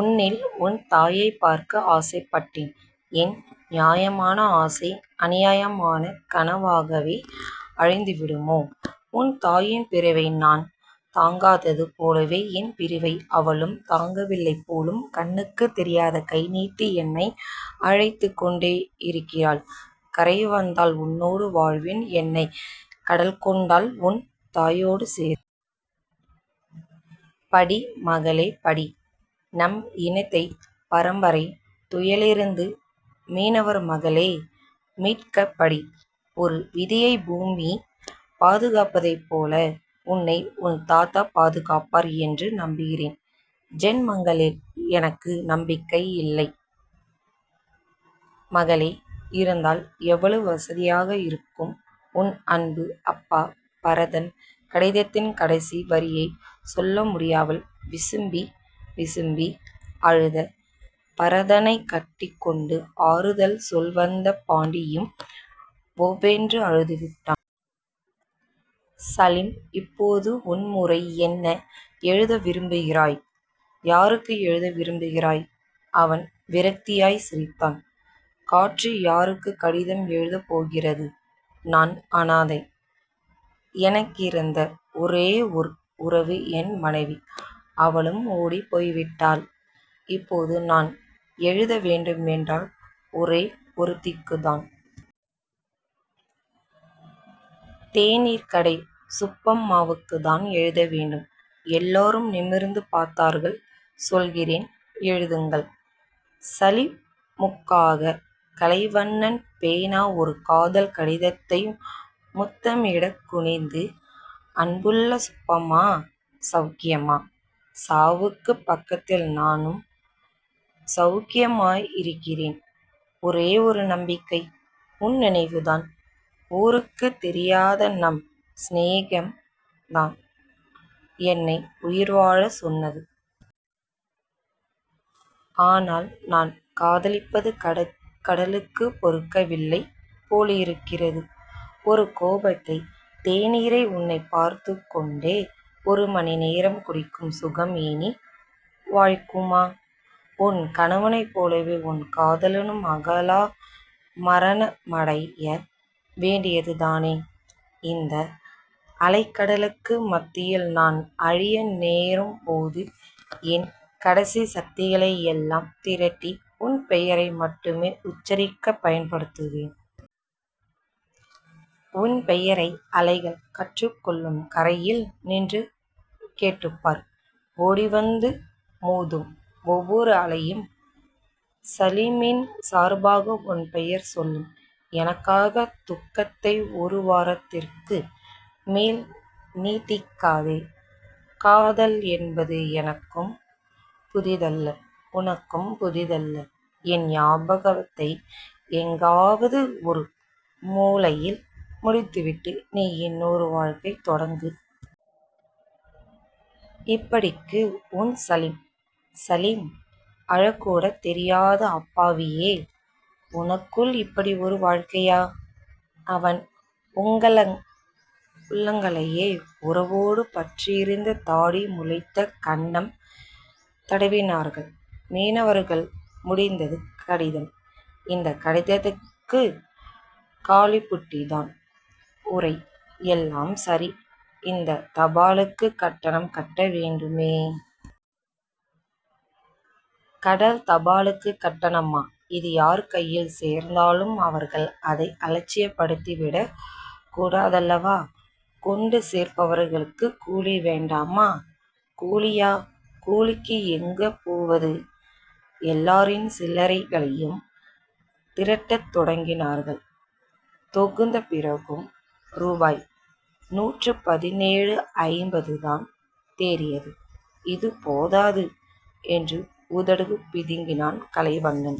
உன்னில் உன் தாயைப் பார்க்க ஆசைப்பட்டேன். என் நியாயமான ஆசை அநியாயமான கனவாகவே அழிந்துவிடுமா? உன் தாயின் பிரிவை நான் தாங்காதது போலவே என் பிரிவை அவளும் தாங்கவில்லைபோலும். கண்ணுக்குத் தெரியாத கைநீட்டி என்னை அழைத்துக் கொண்டேயிருக்கிறாள். கரை வந்தால் உன்னோடு வாழ்வேன். என்னைக் கடல்கொண்டால் உன் தாயோடு சேர்வேன். படி மகளே. படி. நம் இனத்தைப் பரம்பரைத் துயரிலிருந்து மீனவர்மகளே... மீட்கப் படி. ஒரு விதையைப் பூமி பாதுகாப்பதைப் போல உன்னை உன் தாத்தா பாதுகாப்பார் என்று நம்புகிறேன். ஜென்மங்களில் எனக்கு நம்பிக்கை இல்லை மகளே. இருந்தால் எவ்வளவு வசதியாக இருக்கும். உன் அன்பு அப்பா, பரதன் கடிதத்தின் கடைசி வரியைச் சொல்லமுடியாமல் விசும்பி விசும்பி அழுத பரதனைக் கட்டிக்கொண்டு ஆறுதல் சொல்லவந்த பாண்டியும் ஓவென்று அழுதுவிட்டான். சலீம். இப்போது உன் முறை. என்ன எழுத விரும்புகிறாய்? யாருக்கு எழுத விரும்புகிறாய்? அவன் விரக்தியாய்ச் சிரித்தான். காற்று யாருக்குக் கடிதம் எழுதப் போகிறது? நான் அநாதை. எனக்கிருந்த ஒரே ஓர் உறவு என் மனைவி. அவளும் ஓடிப் போய்விட்டாள். இப்போது நான் எழுத வேண்டுமென்றால் ஒரே ஒருத்திக்குத்தான். தேநீர்க்கடை சுப்பம்மாவுக்குத்தான் எழுதமுடியும். எல்லோரும் நிமிர்ந்து பார்த்தார்கள். சொல்கிறேன் எழுதுங்கள். சலீமுக்காகக் கலைவண்ணன் பேனா ஒரு காதல் கடிதத்தை முத்தமிடக் குனிந்தது. அன்புள்ள சுப்பம்மா. செளக்கியமா? சாவுக்குப் பக்கத்தில் நானும் செளக்கியமாயிருக்கிறேன். ஒரே ஒரு நம்பிக்கை உன் நினைவுதான். ஊருக்குத் தெரியாத நம் சிநேகம்தான் என்னை உயிர்வாழச் சொன்னது. ஆனால், நான் காதலிப்பது கடலுக்குப் பொறுக்கவில்லை போலிருக்கிறது. ஒரு கோப்பைத் தேநீரை உன்னைப் பார்த்துக் கொண்டே ஒரு மணி நேரம் குடிக்கும் சுகம் இனி வாய்க்குமா? உன் கணவனைப் போலவே உன் காதலனும் அகால மரணமடைய வேண்டியதுதானா? இந்த அலைகடலுக்கு மத்தியில் நான் அழிய நேரும்போதும் என் கடைசிச் சக்திகளையெல்லாம் திரட்டி உன் பெயரை மட்டுமே உச்சரிக்கப் பயன்படுத்துவேன். உன் பெயரை அலைகள் கற்றுக்கொள்ளும். கரையில் நின்று கேட்டுப்பார். ஓடிவந்து மோதும் ஒவ்வோர் அலையும் சலீமின் சார்பாக உன் பெயர் சொல்லும். எனக்கான துக்கத்தை ஒருவாரத்துக்கு மேல் நீட்டிக்காதே. காதல் என்பது எனக்கும் புதிதல்ல. உனக்கும் புதிதல்ல. என் ஞாபகத்தை எங்காவது ஒரு முலையில் முடிந்துவிட்டு நீ இன்னொரு வாழ்க்கை தொடங்கு. இப்படிக்கு, உன் சலீம். சலீம். அழக்கூடத் தெரியாத அப்பாவியே. உனக்குள் இப்படி ஒரு வாழ்க்கையா? அவன் உள்ளங்கைகளை உறவோடு பற்றித் தாடி முளைத்த கன்னம் தடவினார்கள் மீனவர்கள். முடிந்தது கடிதம். இந்தக் கடிதத்துக்குக் காலிபுட்டிதான் உறை. எல்லாம் சரி.. இந்தத் தபாலுக்குக் கட்டணம் கட்ட வேண்டுமே... கடல் தபாலுக்குக் கட்டணமா? இது யார் கையில் சேர்ந்தாலும் அவர்கள் அதை அலட்சியப்படுத்திவிடக் கூடாதல்லவா. கொண்டு சேர்ப்பவர்களுக்குக் கூலிவேண்டாமா? கூலியா? கூலிக்கு எங்கு போவது? எல்லாரின் சில்லறைகளையும் திரட்டத் தொடங்கினார்கள். தொகுத்தபிறகும் ருபாய் நூற்றுப்பதினேழு ஐம்பதுதான் தேறியது. இது போதாது என்று உதடு பிதுக்கினான் கலைவண்ணன்.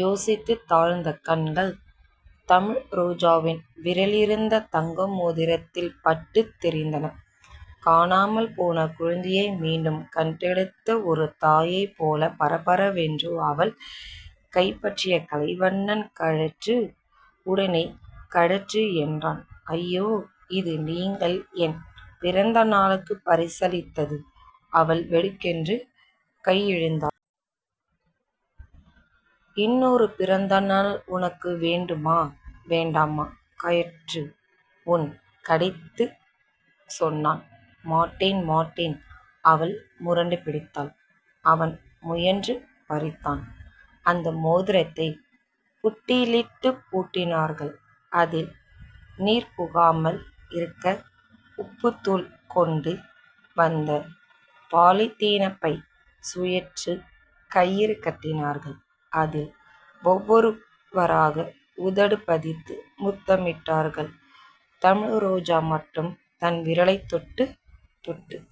யோசித்துத் தாழ்ந்த கண்கள், தமிழ்ரோஜாவின் விரலிலிருந்த தங்கமோதிரத்தில் பட்டுத் தெறித்தன. காணாமல்போன குழந்தையை மீண்டும் கண்டெடுத்த ஒரு தாயைப் போலப் பரபரவென்று அவள் கைபற்றிய கலைவண்ணன் கழற்று. உடனே கழற்று என்றான். அய்யோ. இது நீங்கள் என் பிறந்த நாளுக்குப் பரிசளித்தது அவள் வெடுக்கென்று கையிழுத்தாள். இன்னொரு பிறந்த நாள் உனக்கு வேண்டுமா வேண்டாமா கழற்று அவன் கடிந்து சொன்னான். மாட்டேன்... மாட்டேன்... அவள் முரண்டுபிடித்தாள். அவன் முயன்று பறித்தான். அந்த மோதிரத்தைப் புட்டியிலிட்டுப் பூட்டினார்கள். அதில் நீர்புகாமல் இருக்க உப்புத்தூள் கொண்டு வந்த பாலிதீன் பை சுற்றிக் கயிறு கட்டினார்கள். அதில் ஒவ்வொருவராக உதடு பதித்து முத்தமிட்டார்கள். தமிழ்ரோஜா மட்டும் தன் விரலைத் தொட்டுத் தொட்டுப்